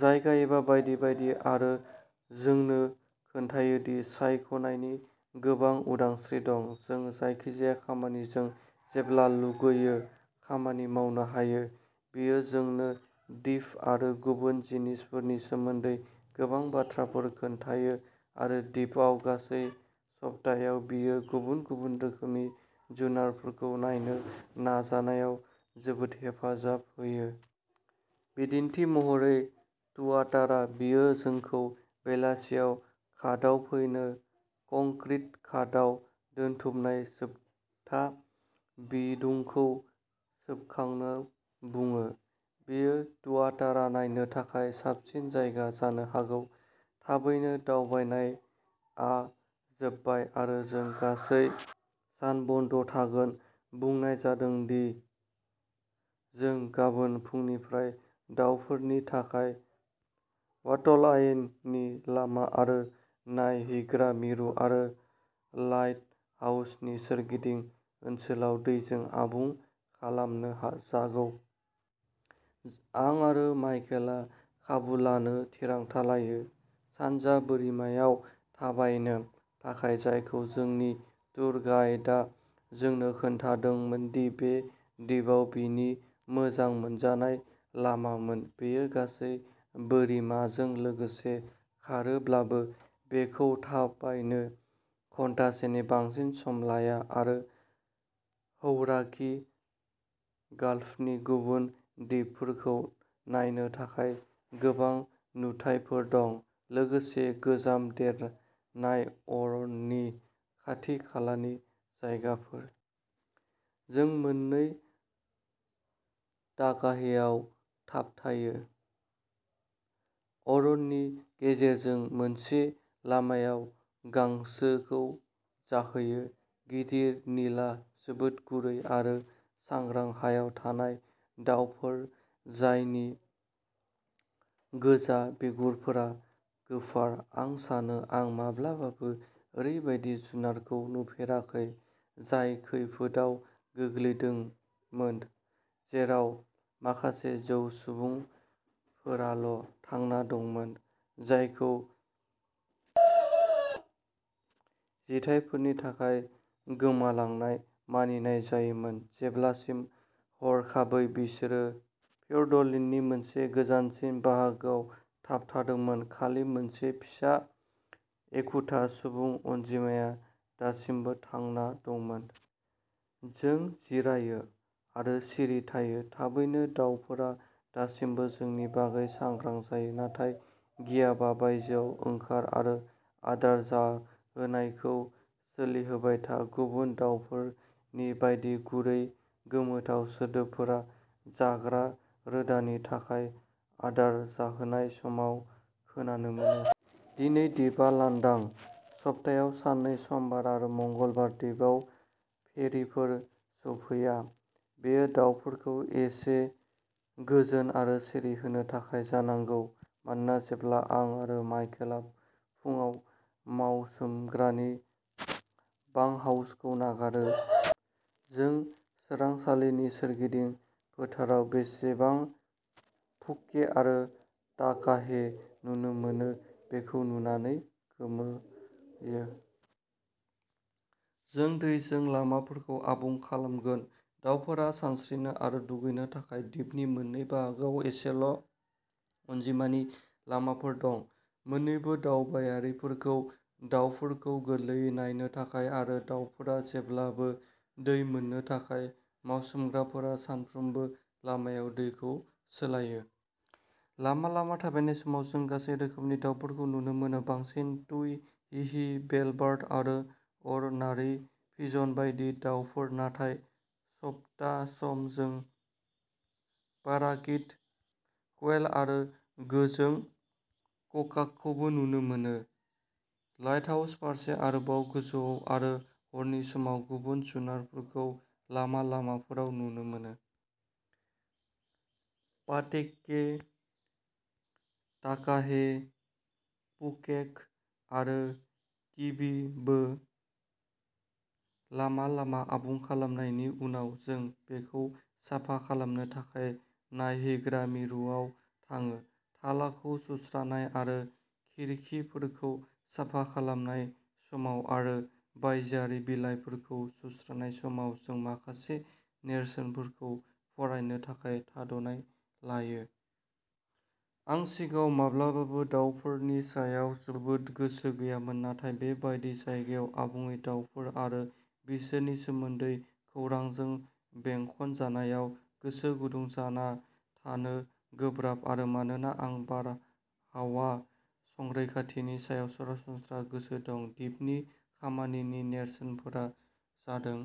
जायगा एबा बायदि बायदि आरो जोंनो खोन्थायो दि सायख'नायनि गोबां उदांस्रि दं। जों जायखिजाया खामानिजों जेब्ला लुबैयो खामानि मावनो हायो। बियो जोंनो दिप आरो गुबुन जिनिसफोरनि सोमोन्दै गोबां बाथ्राफोर खोन्थायो आरो दिपआव गासै सप्तायाव बियो गुबुन गुबुन रोखोमनि जुनारफोरखौ नायनो नाजानायाव जोबोद हेफाजाब होयो। बिदिन्थि महरै तुआतारा, बियो जोंखौ बेलासियाव घाटआव फैनो, कंक्रिट घाटआव दोनथुमनाय जोबथा बिदुंखौ सोबखांनो बुङो। बेयो तुआतारा नायनो थाखाय साबसिन जायगा जानो हागौ। थाबैनो, "दावबायनाय" आ जोबबाय आरो जों गासै सान बन्द' थागोन, बुंनाय जादोंमोन दि जों गाबोन फुंनिफ्राय दावफोरनि थाखाय वाटल आयेननि लामा आरो नायहैग्रा मिरु आरो लाइटहाउसनि सोरगिदिं ओनसोलाव दैजों आबुं खालामनो हा-जागौ। आं आरो माइकेलआ खाबु लानो थिरांथा लायो। सानजा बोरिमायाव थाबायनो थाखाय, जायखौ जोंनि टुर गाइडा जोंनो खिन्थादोंमोन दि बे दिपआव बिनि मोजां मोनजानाय लामामोन। बेयो गासै बोरिमाजों लोगोसे खारोब्लाबो, बेखौ थाबायनो घन्टासेनि बांसिन सम लाया, आरो हौराकी गाल्फनि गुबुन दिपफोरखौ नायनो थाखाय गोबां नुथायफोर दं, लोगोसे गोजाम देरनाय अरननि खाथि-खालानि जायगाफोर। जों मोन्नै ताकाहेआव थाबथायो, अरननि गेजेरजों मोनसे लामायाव गांसोखौ जाहैयो। गिदिर, निला, जोबोद गुरै आरो सांग्रां हायाव थानाय दावफोर जायनि गोजा बिगुरफोरा गोफार, आं सानो आं माब्लाबाबो ओरैबायदि जुनारखौ नुफेराखै जाय खैफोदाव गोग्लैदोंमोन, जेराव माखासे जौ सुबुंफोराल' थांना दंमोन, जायखौ जिथायफोरनि थाखाय गोमालांनाय मानिनाय जायोमोन जेब्लासिम हरखाबै बिसोर फिअर्डलेन्डनि मोनसे गोजानसिन बाहागोआव थाबथादोंमोन, खालि मोनसे फिसा एखुथा सुबुं अनजिमाया दासिमबो थांना दंमोन। जों जिरायो आरो सिरि थायो। थाबैनो दावफोरा, दासिमबो जोंनि बागै सांग्रां जायो। नाथाय गियाबा, बायजोआव ओंखार आरो आदार जाहोनायखौ सोलिहोबाय था। गुबुन दाउफोरनि बायदि गुरै गोमोथाव सोदोबफोरा, जाग्रा रोदानि थाखाय आदार जाहोनाय समाव खोनानो मोनो। दिनै दिपआ लांदां। सप्तायाव साननै समबार आरो मंगलबार दिपआव फेरिफोर सौफैया। बेयो दावफोरखौ एसे गोजोन आरो सिरि होनो थाखाय जानांगौ, मानोना जेब्ला आं आरो माइकेलआ फुंआव मावसोमग्रानि बांकहाउसखौ नागारो, जों सोरांसालिनि सोरगिदिं फोथाराव बेसेबां पुक'के आरो ताकाहे नुनो मोनो बेखौ नुनानै गोमोयो। जों दैजों लामाफोरखौ आबुं खालामगोन, दावफोरा सानस्रिनो आरो दुगैनो थाखाय। दिपनि मोननै बाहागोआव एसेल' अनजिमानि लामाफोर दं, मोननैबो दावबायारिफोरखौ दावफोरखौ गोरलैयै नायनो थाखाय आरो दावफोरा जेब्लाबो दै मोननो थाखाय। मावसोमग्राफोरा सानफ्रोमबो लामायाव दैखौ सोलायो। लामा-लामा थाबायनाय समाव जों गासै रोखोमनि दावफोरखौ नुनो मोनो। बांसिनै तुई, हिहि, बेलबार्ड आरो अर'नारि पिजन बायदि दावफोर, नाथाय सप्ता सम जों पाराकिट, क्वेल आरो गोजों ककाक'खौबो नुनो मोनो। लाइटहाउस फारसे आरोबाव गोजौआव, आरो हरनि समाव, गुबुन जुनारफोरखौ लामा-लामाफोराव नुनो मोनो। पाटेके, ताकाहे, पुकेक आरो किबीबो। लामा-लामा आबुं खालामनायनि उनाव, जों बेखौ साफा खालामनो थाखाय नायहैग्रा मिरुआव थाङो। थालाखौ सुस्रानाय आरो खिरखिफोरखौ साफा खालामनाय समाव आरो बायजोआरि बिलाइफोरखौ सुस्रानाय समाव, जों माखासे नेरसोनफोरखौ फरायनो थाखाय थाद'नाय लायो। आं सिगाङाव माब्लाबाबो दावफोरनि सायाव जोबोद गोसो गैयामोन, नाथाय बे बायदि जायगायाव, आबुङै दावफोर आरो बिसोरनि सोमोन्दै खौरांजों बेंखनजानायाव, गोसो गुदुं जाना थानो गोब्राब। आरो मानोना आं बारहावा संरैखाथिनि सायाव सरासनस्रा गोसो दं, दिपनि खामानिनि नेरसोनफोरा जादों।